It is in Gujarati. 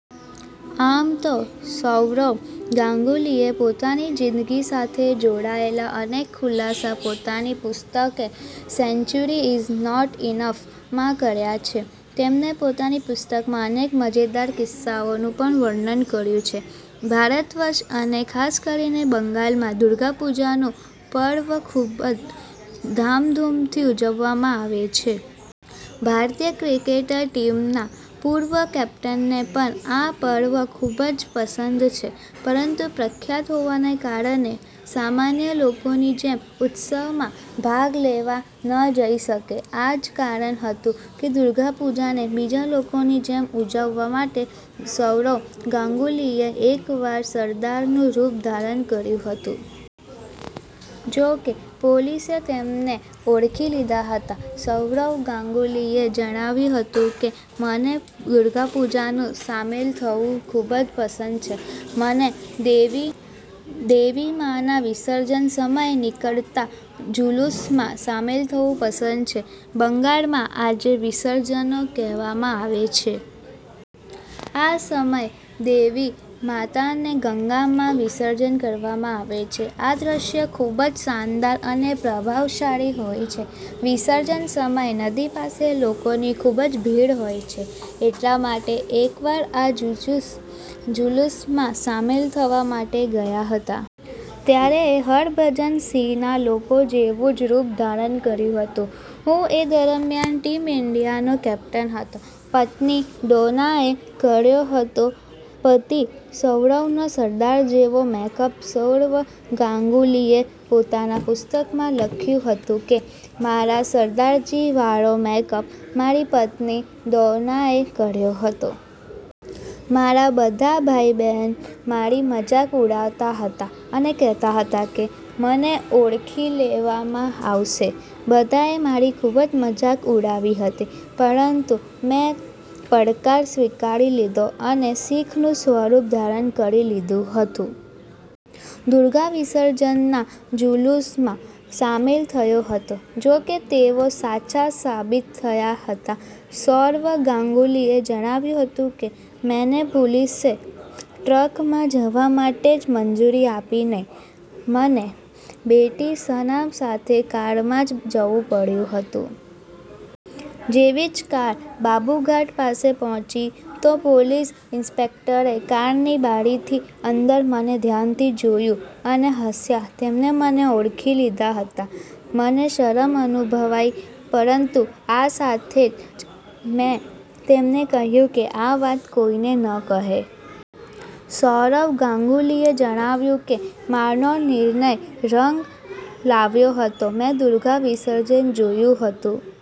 આમ તો સૌરવ ગાંગુલીએ પોતાની જિંદગી સાથે જોડાયેલા અનેક ખુલાસા પોતાની પુસ્તક a century is not enough માં કર્યા છે. તેમણે પોતાની પુસ્તકમાં અનેક મજેદાર કિસ્સાઓનું પણ વર્ણન કર્યું છે. ભારતવર્ષ અને ખાસકરીને બંગાલમાં દુર્ગા પુજાનું પર્વ ખુબજ ધામધૂમથી ઉજવવામાં આવે છે. ભારતીય ક્રિકેટર ટીમના પૂર્વ કેપ્ટનને પણ આ પર્વ ખુબ જ પસંદ છે. પરંતુ પ્રખ્યાત હોવાના કારણે સામાન્ય લોકોની જેમ ઉત્સવમાં ભાગ લેવા ન જઈ શકે. આ જ કારણ હતું કે દુર્ગા પૂજાને બીજા લોકોની જેમ ઉજવવા માટે સૌરવ ગાંગુલીએ એકવાર સરદારનું રૂપ ધારણ કર્યું હતું. જોકે, પોલીસે તેમને ઓળખી લીધા હતા. સૌરવ ગાંગુલીએ જણાવ્યું હતું કે મને દુર્ગા પૂજામાં સામેલ થવું ખુબ જ પસંદ છે. મને દેવીમાના વિસર્જન સમયે નીકળતા ઝુલૂસમાં સામેલ થવું પસંદ છે. બંગાળમાં આને વિશર્જોન કહેવામાં આવે છે. આ સમયે દેવી માતાને ગંગામાં વિષર્જન કરવામાં આવે છે. આ દ્રશ્ય ખુબ જ શાનદાર અને પ્રભાવશાળી હોય છે. વિસર્જન સમયે નદી પાસે લોકોની ખુબ જ ભીડ હોય છે. એટલા માટે એકવાર આ ઝુલૂસમાં સામેલ થવા માટે ગયા હતા. ત્યારે મે હરભજન સિંહના લોકો જેવું જ રૂપ ધારણ કર્યું હતું. હું એ દરમિયાન ટીમ ઇન્ડિયાનો કેપ્ટન હતો. પત્ની ડોનાએ કર્યો હતો પતિ સૌરવનો સરદાર જેવો મેકઅપ સૌરવ ગાંગુલીએ પોતાના પુસ્તકમાં લખ્યું છે કે મારા સરદારજી વાળો મેકઅપ મારી પત્ની ડોનાએ કર્યો હતો. મારા બધા ભાઈ બહેન મારી મજાક ઉડાવતા હતા અને કહેતા હતા કે મને ઓળખી લેવામાં આવશે. બધાએ મારી ખુબ જ મજાક ઉડાવી હતી. પરંતુ મેં પડકાર સ્વીકારી લીધો અને શિખનું સ્વરૂપ ધારણ કરી લીધું હતું. દુર્ગા વિસર્જનના ઝુલૂસમાં સામેલ થયો હતો. જોકે તેઓ સાચા સાબિત થયા હતા. સૌરવ ગાંગુલીએ જણાવ્યું હતું કે મેને પોલીસે ટ્રકમાં જવા માટે મંજૂરી આપી નહીં. મને બેટી સના સાથે કારમાં જ જવું પડ્યું હતું. જેવી જ કાર બાબૂઘાટ પાસે પહોંચી તો પોલીસ ઇન્સ્પેક્ટરે કારની બારીની અંદર મને ધ્યાનથી જોયું અને હસ્યા તેમણે મને ઓળખી લીધા હતા. મને શરમ અનુભવાઈ પરંતુ આ સાથે જ મે તેમને કહ્યું કે આ વાત કોઈને ન કહે. સૌરવ ગાંગુલીએ જણાવ્યું કે મારો નિર્ણય રંગ લાવ્યો હતો. મેં દુર્ગા વિસર્જન જોયું હતું.